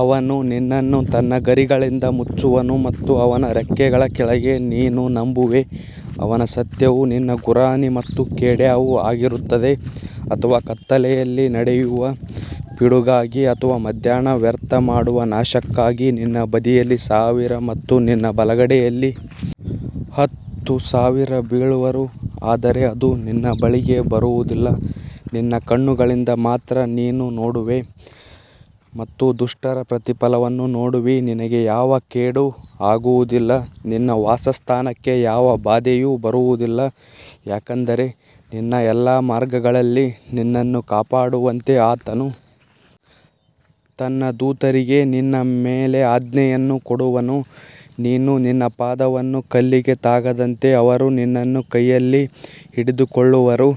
ಅವನು ನಿನ್ನನ್ನು ತನ್ನ ಗರಿಗಳಿಂದ ಮುಚ್ಚುವನು ಮತ್ತು ಅವನ ರೆಕ್ಕೆಗಳ ಕೆಳಗೆ ನೀನು ನಂಬುವೆ ಅವನ ಸತ್ಯವು ನಿನ್ನ ಗುರಾಣಿ ಮತ್ತು ಖೇಡ್ಯಾವು ಆಗಿರುತ್ತದೆ ಅಥವಾ ಕತ್ತಲೆಯಲ್ಲಿ ನಡೆಯುವ ಪಿಡುಗಾಗಿ ಅಥವಾ ಮಧ್ಯಾಹ್ನ ವ್ಯರ್ಥ ಮಾಡುವ ನಾಶಕ್ಕಾಗಿ ನಿನ್ನ ಬದಿಯಲ್ಲಿ ಸಾವಿರ ಮತ್ತು ನಿನ್ನ ಬಲಗಡೆಯಲ್ಲಿ ಹತ್ತು ಸಾವಿರ ಬೀಳುವರು ಆದರೆ ಅದು ನಿನ್ನ ಬಳಿಗೆ ಬರುವುದಿಲ್ಲ ನಿನ್ನ ಕಣ್ಣುಗಳಿಂದ ಮಾತ್ರ ನೀನು ನೋಡುವೆ ಮತ್ತು ದುಷ್ಟರ ಪ್ರತಿಫಲವನ್ನು ನೋಡುವಿ ನಿನಗೆ ಯಾವ ಕೇಡೂ ಆಗುವದಿಲ್ಲ, ನಿನ್ನ ವಾಸಸ್ಥಾನಕ್ಕೆ ಯಾವ ಬಾಧೆಯೂ ಬರುವುದಿಲ್ಲ ಯಾಕಂದರೆ ನಿನ್ನ ಎಲ್ಲಾ ಮಾರ್ಗಗಳಲ್ಲಿ ನಿನ್ನನ್ನು ಕಾಪಾಡುವಂತೆ ಆತನು ತನ್ನ ದೂತರಿಗೆ ನಿನ್ನ ಮೇಲೆ ಆಜ್ಞೆಯನ್ನು ಕೊಡುವನು ನೀನು ನಿನ್ನ ಪಾದವನ್ನು ಕಲ್ಲಿಗೆ ತಾಗದಂತೆ ಅವರು ನಿನ್ನನ್ನು ಕೈಯಲ್ಲಿ ಹಿಡಿದುಕೊಳ್ಳುವರು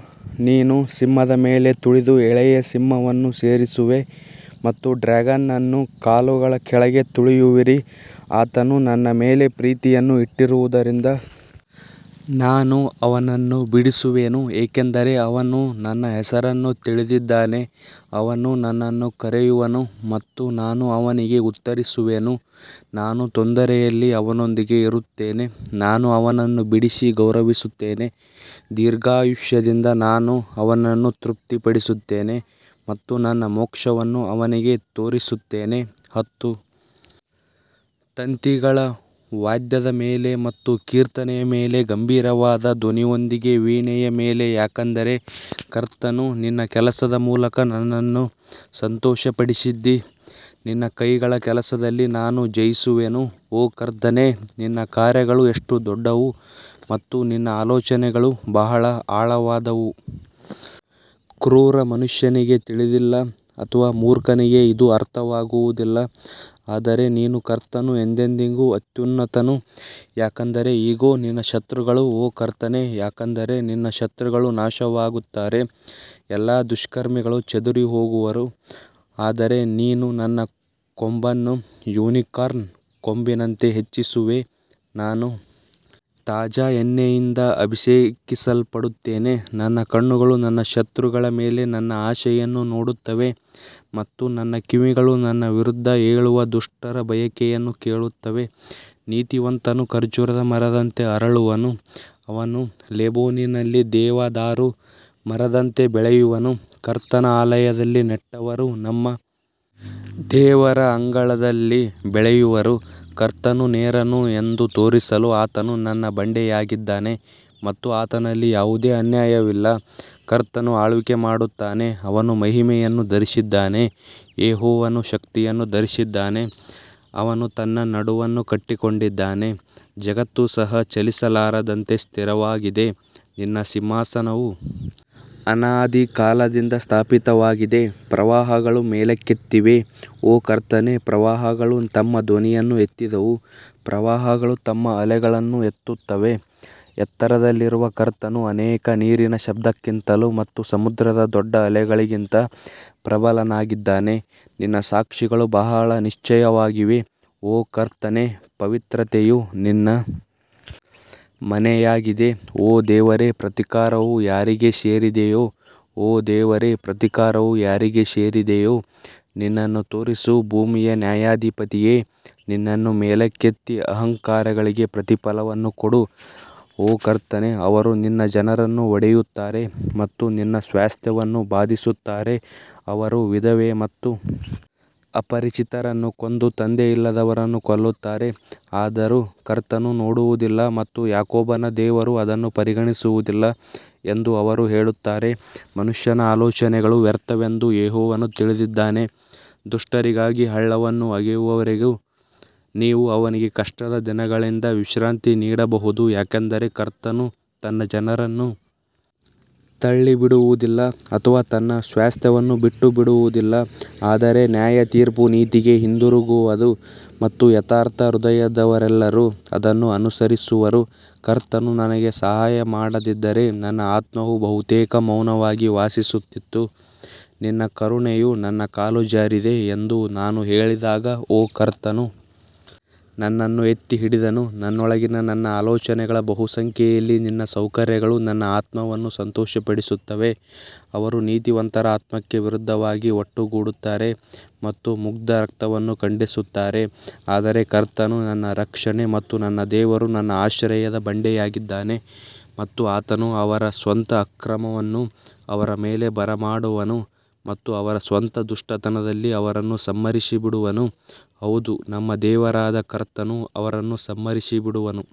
ನೀನು ಸಿಂಹದ ಮೇಲೆ ತುಳಿದು ಎಳೆಯ ಸಿಂಹವನ್ನು ಸೇರಿಸುವೆ ಮತ್ತು ಡ್ರ್ಯಾಗನ್ ಅನ್ನು ಕಾಲುಗಳ ಕೆಳಗೆ ತುಳಿಯುವಿರಿ ಆತನು ನನ್ನ ಮೇಲೆ ಪ್ರೀತಿಯನ್ನು ಇಟ್ಟಿರುವದರಿಂದ ನಾನು ಅವನನ್ನು ಬಿಡಿಸುವೆನು, ಏಕೆಂದರೆ ಅವನು ನನ್ನ ಹೆಸರನ್ನು ತಿಳಿದಿದ್ದಾನೆ ಅವನು ನನ್ನನ್ನು ಕರೆಯುವನು ಮತ್ತು ನಾನು ಅವನಿಗೆ ಉತ್ತರಿಸುವೆನು, ನಾನು ತೊಂದರೆಯಲ್ಲಿ ಅವನೊಂದಿಗೆ ಇರುತ್ತೇನೆ ನಾನು ಅವನನ್ನು ಬಿಡಿಸಿ ಗೌರವಿಸುತ್ತೇನೆ ದೀರ್ಘಾಯುಷ್ಯದಿಂದ ನಾನು ಅವನನ್ನು ತೃಪ್ತಿಪಡಿಸುತ್ತೇನೆ ಮತ್ತು ನನ್ನ ಮೋಕ್ಷವನ್ನು ಅವನಿಗೆ ತೋರಿಸುತ್ತೇನೆ ಹತ್ತು ತಂತಿಗಳ ವಾದ್ಯದ ಮೇಲೆ ಮತ್ತು ಕೀರ್ತನೆಯ ಮೇಲೆ ಗಂಭೀರವಾದ ಧ್ವನಿಯೊಂದಿಗೆ ವೀಣೆಯ ಮೇಲೆ ಯಾಕಂದರೆ ಕರ್ತನು ನಿನ್ನ ಕೆಲಸದ ಮೂಲಕ ನನ್ನನ್ನು ಸಂತೋಷಪಡಿಸಿದ್ದೀ, ನಿನ್ನ ಕೈಗಳ ಕೆಲಸದಲ್ಲಿ ನಾನು ಜಯಿಸುವೆನು ಓ ಕರ್ತನೇ ನಿನ್ನ ಕಾರ್ಯಗಳು ಎಷ್ಟು ದೊಡ್ಡವು ಮತ್ತು ನಿನ್ನ ಆಲೋಚನೆಗಳು ಬಹಳ ಆಳವಾದವು ಕ್ರೂರ ಮನುಷ್ಯನಿಗೆ ತಿಳಿದಿಲ್ಲ ಅಥವಾ ಮೂರ್ಖನಿಗೆ ಇದು ಅರ್ಥವಾಗುವುದಿಲ್ಲ ಆದರೆ ನೀನು ಕರ್ತನು ಎಂದೆಂದಿಗೂ ಅತ್ಯುನ್ನತನು ಯಾಕಂದರೆ ಇಗೋ ನಿನ್ನ ಶತ್ರುಗಳು ಓ ಕರ್ತನೇ ಯಾಕಂದರೆ ನಿನ್ನ ಶತ್ರುಗಳು ನಾಶವಾಗುತ್ತಾರೆ ಎಲ್ಲಾ ದುಷ್ಕರ್ಮಿಗಳು ಚದುರಿಹೋಗುವರು ಆದರೆ ನೀನು ನನ್ನ ಕೊಂಬನ್ನು ಯುನಿಕಾರ್ನ್ನ ಕೊಂಬಿನಂತೆ ಹೆಚ್ಚಿಸುವೆ, ನಾನು ತಾಜಾ ಎಣ್ಣೆಯಿಂದ ಅಭಿಷೇಕಿಸಲ್ಪಡುತ್ತೇನೆ ನನ್ನ ಕಣ್ಣುಗಳು ನನ್ನ ಶತ್ರುಗಳ ಮೇಲೆ ನನ್ನ ಆಸೆಯನ್ನು ನೋಡುತ್ತವೆ ಮತ್ತು ನನ್ನ ಕಿವಿಗಳು ನನ್ನ ವಿರುದ್ಧ ಏಳುವ ದುಷ್ಟರ ಬಯಕೆಯನ್ನು ಕೇಳುತ್ತವೆ ನೀತಿವಂತನು ಖರ್ಜೂರದ ಮರದಂತೆ ಅರಳುವನು, ಅವನು ಲೆಬನೋನಿನಲ್ಲಿ ದೇವದಾರು ಮರದಂತೆ ಬೆಳೆಯುವನು ಕರ್ತನ ಆಲಯದಲ್ಲಿ ನೆಟ್ಟವರು ನಮ್ಮ ದೇವರ ಅಂಗಳದಲ್ಲಿ ಬೆಳೆಯುವರು ಕರ್ತನು ನೇರನು ಎಂದು ತೋರಿಸಲು ಆತನು ನನ್ನ ಬಂಡೆಯಾಗಿದ್ದಾನೆ ಮತ್ತು ಆತನಲ್ಲಿ ಯಾವುದೇ ಅನ್ಯಾಯವಿಲ್ಲ ಕರ್ತನು ಆಳ್ವಿಕೆ ಮಾಡುತ್ತಾನೆ, ಅವನು ಮಹಿಮೆಯನ್ನು ಧರಿಸಿದ್ದಾನೆ, ಯೆಹೋವನು ಶಕ್ತಿಯನ್ನು ಧರಿಸಿದ್ದಾನೆ, ಅವನು ತನ್ನ ನಡುವನ್ನು ಕಟ್ಟಿಕೊಂಡಿದ್ದಾನೆ, ಜಗತ್ತು ಸಹ ಚಲಿಸಲಾರದಂತೆ ಸ್ಥಿರವಾಗಿದೆ ನಿನ್ನ ಸಿಂಹಾಸನವು ಅನಾದಿ ಕಾಲದಿಂದ ಸ್ಥಾಪಿತವಾಗಿದೆ ಪ್ರವಾಹಗಳು ಮೇಲಕ್ಕೆತ್ತಿವೆ ಓ ಕರ್ತನೇ ಪ್ರವಾಹಗಳು ತಮ್ಮ ಧ್ವನಿಯನ್ನು ಎತ್ತಿದವು ಪ್ರವಾಹಗಳು ತಮ್ಮ ಅಲೆಗಳನ್ನು ಎತ್ತುತ್ತವೆ ಎತ್ತರದಲ್ಲಿರುವ ಕರ್ತನು ಅನೇಕ ನೀರಿನ ಶಬ್ದಕ್ಕಿಂತಲೂ ಮತ್ತು ಸಮುದ್ರದ ದೊಡ್ಡ ಅಲೆಗಳಿಗಿಂತ ಪ್ರಬಲನಾಗಿದ್ದಾನೆ ನಿನ್ನ ಸಾಕ್ಷಿಗಳು ಬಹಳ ನಿಶ್ಚಯವಾಗಿವೆ ಓ ಕರ್ತನೇ ಪವಿತ್ರತೆಯು ನಿನ್ನ ಮನೆಯಾಗಿದೆ ಓ ದೇವರೇ, ಪ್ರತೀಕಾರವು ಯಾರಿಗೆ ಸೇರಿದೆಯೋ ಓ ದೇವರೇ, ಪ್ರತೀಕಾರವು ಯಾರಿಗೆ ಸೇರಿದೆಯೋ, ನಿನ್ನನ್ನು ತೋರಿಸು ಭೂಮಿಯ ನ್ಯಾಯಾಧಿಪತಿಯೇ ನಿನ್ನನ್ನು ಮೇಲಕ್ಕೆತ್ತಿ ಅಹಂಕಾರಿಗಳಿಗೆ ಪ್ರತಿಫಲವನ್ನು ಕೊಡು ಓ ಕರ್ತನೇ, ಅವರು ನಿನ್ನ ಜನರನ್ನು ಒಡೆಯುತ್ತಾರೆ ಮತ್ತು ನಿನ್ನ ಸ್ವಾಸ್ತ್ಯವನ್ನು ಬಾಧಿಸುತ್ತಾರೆ ಅವರು ವಿಧವೆ ಮತ್ತು ಅಪರಿಚಿತರನ್ನು ಕೊಂದು ತಂದೆಯಿಲ್ಲದವರನ್ನು ಕೊಲ್ಲುತ್ತಾರೆ ಆದರೂ ಕರ್ತನು ನೋಡುವುದಿಲ್ಲ ಮತ್ತು ಯಾಕೋಬನ ದೇವರು ಅದನ್ನು ಪರಿಗಣಿಸುವುದಿಲ್ಲ ಎಂದು ಅವರು ಹೇಳುತ್ತಾರೆ ಮನುಷ್ಯನ ಆಲೋಚನೆಗಳು ವ್ಯರ್ಥವೆಂದು ಯೆಹೋವನು ತಿಳಿದಿದ್ದಾನೆ ದುಷ್ಟರಿಗಾಗಿ ಹಳ್ಳವನ್ನು ಅಗೆಯುವವರೆಗೂ ನೀವು ಅವನಿಗೆ ಕಷ್ಟದ ದಿನಗಳಿಂದ ವಿಶ್ರಾಂತಿ ನೀಡಬಹುದು ಯಾಕಂದರೆ ಕರ್ತನು ತನ್ನ ಜನರನ್ನು ತಳ್ಳಿಬಿಡುವುದಿಲ್ಲ ಅಥವಾ ತನ್ನ ಸ್ವಾಸ್ತ್ಯವನ್ನು ಬಿಟ್ಟುಬಿಡುವುದಿಲ್ಲ ಆದರೆ ನ್ಯಾಯತೀರ್ಪು ನೀತಿಗೆ ಹಿಂದಿರುಗುವದು ಮತ್ತು ಯಥಾರ್ಥ ಹೃದಯದವರೆಲ್ಲರೂ ಅದನ್ನು ಅನುಸರಿಸುವರು ಕರ್ತನು ನನಗೆ ಸಹಾಯ ಮಾಡದಿದ್ದರೆ ನನ್ನ ಆತ್ಮವು ಬಹುತೇಕ ಮೌನವಾಗಿ ವಾಸಿಸುತ್ತಿತ್ತು ನಿನ್ನ ಕರುಣೆಯು ನನ್ನ ಕಾಲು ಜಾರಿದೆ ಎಂದು ನಾನು ಹೇಳಿದಾಗ ಓ ಕರ್ತನು ನನ್ನನ್ನು ಎತ್ತಿ ಹಿಡಿದನು ನನ್ನೊಳಗಿನ ನನ್ನ ಆಲೋಚನೆಗಳ ಬಹುಸಂಖ್ಯೆಯಲ್ಲಿ ನಿನ್ನ ಸೌಕರ್ಯಗಳು ನನ್ನ ಆತ್ಮವನ್ನು ಸಂತೋಷಪಡಿಸುತ್ತವೆ ಅವರು ನೀತಿವಂತರ ಆತ್ಮಕ್ಕೆ ವಿರುದ್ಧವಾಗಿ ಒಟ್ಟುಗೂಡುತ್ತಾರೆ ಮತ್ತು ಮುಗ್ಧ ರಕ್ತವನ್ನು ಖಂಡಿಸುತ್ತಾರೆ ಆದರೆ ಕರ್ತನು ನನ್ನ ರಕ್ಷಣೆ ಮತ್ತು ನನ್ನ ದೇವರು ನನ್ನ ಆಶ್ರಯದ ಬಂಡೆಯಾಗಿದ್ದಾನೆ ಮತ್ತು ಆತನು ಅವರ ಸ್ವಂತ ಅಕ್ರಮವನ್ನು ಅವರ ಮೇಲೆ ಬರಮಾಡುವನು ಮತ್ತು ಅವರ ಸ್ವಂತ ದುಷ್ಟತನದಲ್ಲಿ ಅವರನ್ನು ಸಂಹರಿಸಿಬಿಡುವನು, ಹೌದು ನಮ್ಮ ದೇವರಾದ ಕರ್ತನು ಅವರನ್ನು ಸಂಹರಿಸಿಬಿಡುವನು.